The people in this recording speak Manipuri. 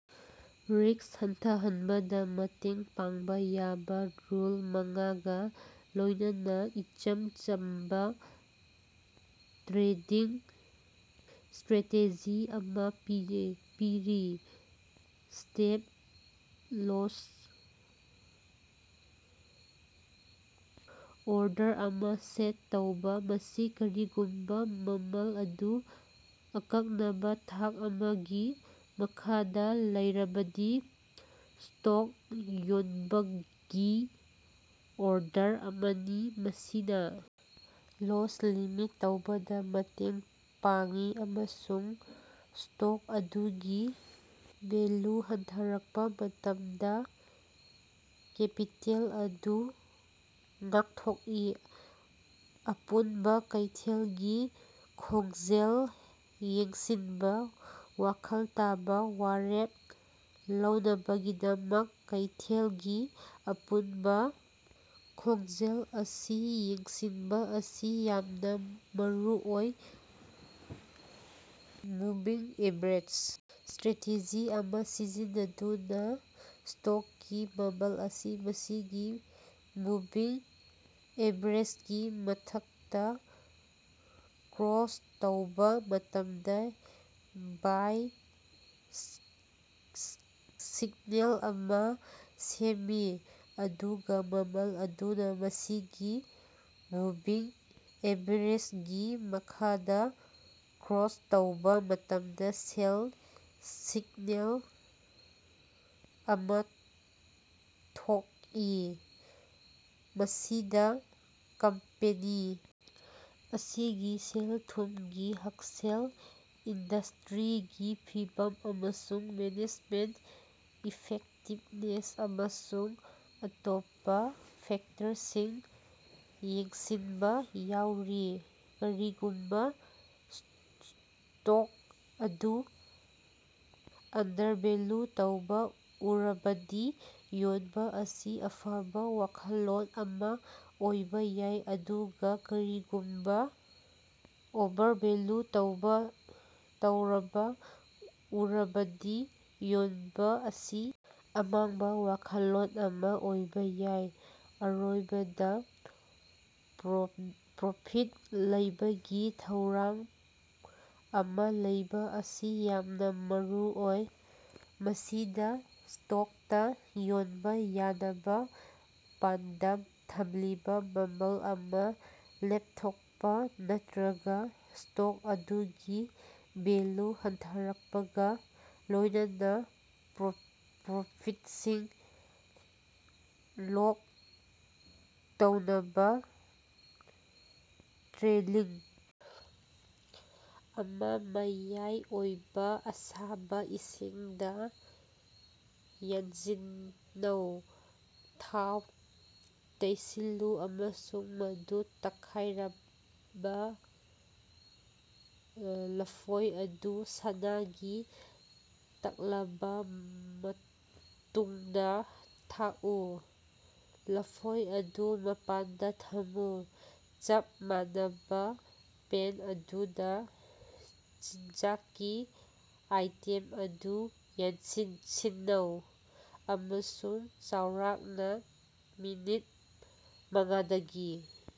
ꯔꯤꯛꯁ ꯍꯟꯊꯍꯟꯕꯗꯥ ꯃꯇꯦꯡ ꯄꯥꯡꯕꯥ ꯌꯥꯕꯥ ꯔꯨꯜ ꯃꯉꯥꯒꯥ ꯂꯣꯏꯅꯅꯥ ꯏꯆꯝ ꯆꯝꯕꯥ ꯇ꯭ꯔꯦꯗꯤꯡ ꯁ꯭ꯇꯔꯦꯇꯦꯖꯤ ꯑꯃꯥ ꯄꯤꯔꯤ꯫ ꯁ꯭ꯇꯞ-ꯂꯣꯁ ꯑꯣꯔꯗꯔ ꯑꯃꯥ ꯁꯦꯠ ꯇꯧꯕꯥ: ꯃꯁꯤ ꯀꯔꯤꯒꯨꯝꯕꯥ ꯃꯃꯜ ꯑꯗꯨ ꯑꯀꯛꯅꯕꯥ ꯊꯥꯛ ꯑꯃꯒꯤ ꯃꯈꯥꯗꯥ ꯂꯩꯔꯕꯗꯤ ꯁ꯭ꯇꯣꯛ ꯌꯣꯟꯕꯥꯒꯤ ꯑꯣꯔꯗꯔ ꯑꯃꯅꯤ꯫ ꯃꯁꯤꯅꯥ ꯂꯣꯁ ꯂꯤꯃꯤꯠ ꯇꯧꯕꯗꯥ ꯃꯇꯦꯡ ꯄꯥꯡꯏ ꯑꯃꯁꯨꯡ ꯁ꯭ꯇꯣꯛ ꯑꯗꯨꯒꯤ ꯚꯦꯜꯂꯨ ꯍꯟꯊꯔꯛꯄꯥ ꯃꯇꯝꯗꯥ ꯀꯦꯄꯤꯇꯦꯜ ꯑꯗꯨ ꯉꯥꯛꯊꯣꯛꯏ꯫ ꯑꯄꯨꯟꯕꯥ ꯀꯩꯊꯦꯜꯒꯤ ꯈꯣꯡꯖꯦꯜ ꯌꯦꯡꯁꯤꯟꯕꯥ: ꯋꯥꯈꯜ ꯇꯥꯕꯥ ꯋꯥꯔꯦꯞ ꯂꯧꯅꯕꯒꯤꯗꯃꯛ ꯀꯩꯊꯦꯜ ꯒꯤ ꯑꯄꯨꯟꯕꯥ ꯈꯣꯡꯖꯦꯜ ꯑꯁꯤ ꯌꯦꯡꯁꯤꯟꯕꯥ ꯑꯁꯤ ꯌꯥꯝꯅꯥ ꯃꯔꯨꯑꯣꯏ꯫ ꯃꯨꯚꯤꯡ ꯑꯦꯚꯔꯦꯖ ꯁ꯭ꯇꯔꯦꯇꯦꯖꯤ ꯑꯃꯥ ꯁꯤꯖꯤꯟꯅꯗꯨꯅꯥ ꯁ꯭ꯇꯣꯛꯀꯤ ꯃꯃꯜ ꯑꯁꯤ ꯃꯁꯤꯒꯤ ꯃꯨꯚꯤꯡ ꯑꯦꯚꯔꯦꯖꯒꯤ ꯃꯊꯛꯇꯥ ꯀ꯭ꯔꯣꯁ ꯇꯧꯕꯥ ꯃꯇꯝꯗꯥ ꯕꯥꯏ ꯁꯤꯛꯅꯦꯜ ꯑꯃꯥ ꯁꯦꯝꯃꯤ, ꯑꯗꯨꯒꯥ ꯃꯃꯜ ꯑꯗꯨꯅꯥ ꯃꯁꯤꯒꯤ ꯃꯨꯚꯤꯡ ꯑꯦꯚꯔꯦꯖꯒꯤ ꯃꯈꯥꯗꯥ ꯀ꯭ꯔꯣꯁ ꯇꯧꯕꯥ ꯃꯇꯝꯗꯥ ꯁꯦꯜ ꯁꯤꯛꯅꯦꯜ ꯑꯃꯥ ꯊꯣꯛꯏ꯫ ꯃꯁꯤꯗꯥ ꯀꯝꯄꯦꯅꯤ ꯑꯁꯤꯒꯤ ꯁꯦꯜ-ꯊꯨꯝꯒꯤ ꯍꯛꯁꯦꯜ, ꯏꯟꯗꯁꯇ꯭ꯔꯤꯒꯤ ꯐꯤꯚꯝ ꯑꯃꯁꯨꯡ ꯃꯦꯅꯦꯖꯃꯦꯟꯇ ꯏꯐꯦꯛꯇꯤꯕꯅꯦꯁ, ꯑꯃꯁꯨꯡ ꯑꯇꯣꯞꯄꯥ ꯐꯦꯛꯇꯔꯁꯤꯡ ꯌꯦꯡꯁꯤꯟꯕꯥ ꯌꯥꯎꯔꯤ꯫ ꯀꯔꯤꯒꯨꯝꯕꯥ ꯁ꯭ꯇꯣꯛ ꯑꯗꯨ ꯑꯟꯗꯔꯚꯦꯂꯨ ꯇꯧꯕꯥ ꯎꯔꯕꯗꯤ ꯌꯣꯟꯕꯥ ꯑꯁꯤ ꯑꯐꯕꯥ ꯋꯥꯈꯜꯂꯣꯟ ꯑꯃꯥ ꯑꯣꯏꯕꯥ ꯌꯥꯏ, ꯑꯗꯨꯒꯥ ꯀꯔꯤꯒꯨꯝꯕꯥ ꯑꯣꯚꯔꯚꯦꯂꯨ ꯇꯧꯕ ꯇꯧꯔꯕꯥ ꯎꯔꯕꯗꯤ ꯌꯣꯟꯕꯥ ꯑꯁꯤ ꯑꯃꯥꯡꯕ ꯋꯥꯈꯜꯂꯣꯟ ꯑꯃꯥ ꯑꯣꯏꯕꯥ ꯌꯥꯏ꯫ ꯑꯔꯣꯏꯕꯗꯥ, ꯄ꯭ꯔꯣꯐꯤꯠ ꯂꯩꯕꯒꯤ ꯊꯧꯔꯥꯡ ꯑꯃꯥ ꯂꯩꯕꯥ ꯑꯁꯤ ꯌꯥꯝꯅꯥ ꯃꯔꯨꯑꯣꯏ꯫ ꯃꯁꯤꯗꯥ ꯁ꯭ꯇꯣꯛꯇꯥ ꯌꯣꯟꯕꯥ ꯌꯥꯅꯕꯥ ꯄꯥꯟꯗꯝ ꯊꯝꯂꯤꯕꯥ ꯃꯃꯜ ꯑꯃꯥ ꯂꯦꯞꯊꯣꯛꯄꯥ, ꯅꯠꯇ꯭ꯔꯒꯥ ꯁ꯭ꯇꯣꯛ ꯑꯗꯨꯒꯤ ꯚꯦꯂꯨ ꯍꯟꯒꯠꯂꯛꯄꯒꯥ ꯂꯣꯏꯅꯅꯥ ꯄ꯭ꯔꯣꯐꯤꯠꯁꯤꯡ ꯂꯣꯛ ꯇꯧꯅꯕꯥ ꯇ꯭ꯔꯦꯂꯤꯡ ꯑꯃꯥ ꯃꯌꯥꯏ ꯑꯣꯏꯕꯥ ꯑꯁꯥꯕꯥ ꯏꯁꯤꯡꯗꯥ ꯌꯥꯟꯁꯤꯟꯅꯧ, ꯊꯥꯎ ꯇꯩꯁꯤꯜꯂꯨ ꯑꯃꯁꯨꯡ ꯃꯗꯨ ꯇꯛꯈꯥꯏꯔꯕꯥ ꯂꯐꯣꯏ ꯑꯗꯨ ꯁꯅꯥꯒꯤ ꯇꯛꯂꯕꯥ ꯃꯇꯨꯡꯗꯥ ꯊꯥꯛꯎ꯫ ꯂꯐꯣꯏ ꯑꯗꯨ ꯃꯄꯥꯟꯗꯥ ꯊꯝꯃꯨ꯫ ꯆꯞ ꯃꯥꯟꯅꯕꯥ ꯄꯦꯟ ꯑꯗꯨꯗꯥ, ꯆꯤꯟꯖꯥꯛꯀꯤ ꯑꯥꯏꯇꯦꯝ ꯑꯗꯨ ꯌꯥꯟꯁꯤꯟꯅꯧ ꯑꯃꯁꯨꯡ ꯆꯥꯎꯔꯥꯛꯅꯥ ꯃꯤꯅꯠ ꯃꯉꯥꯗꯒꯤ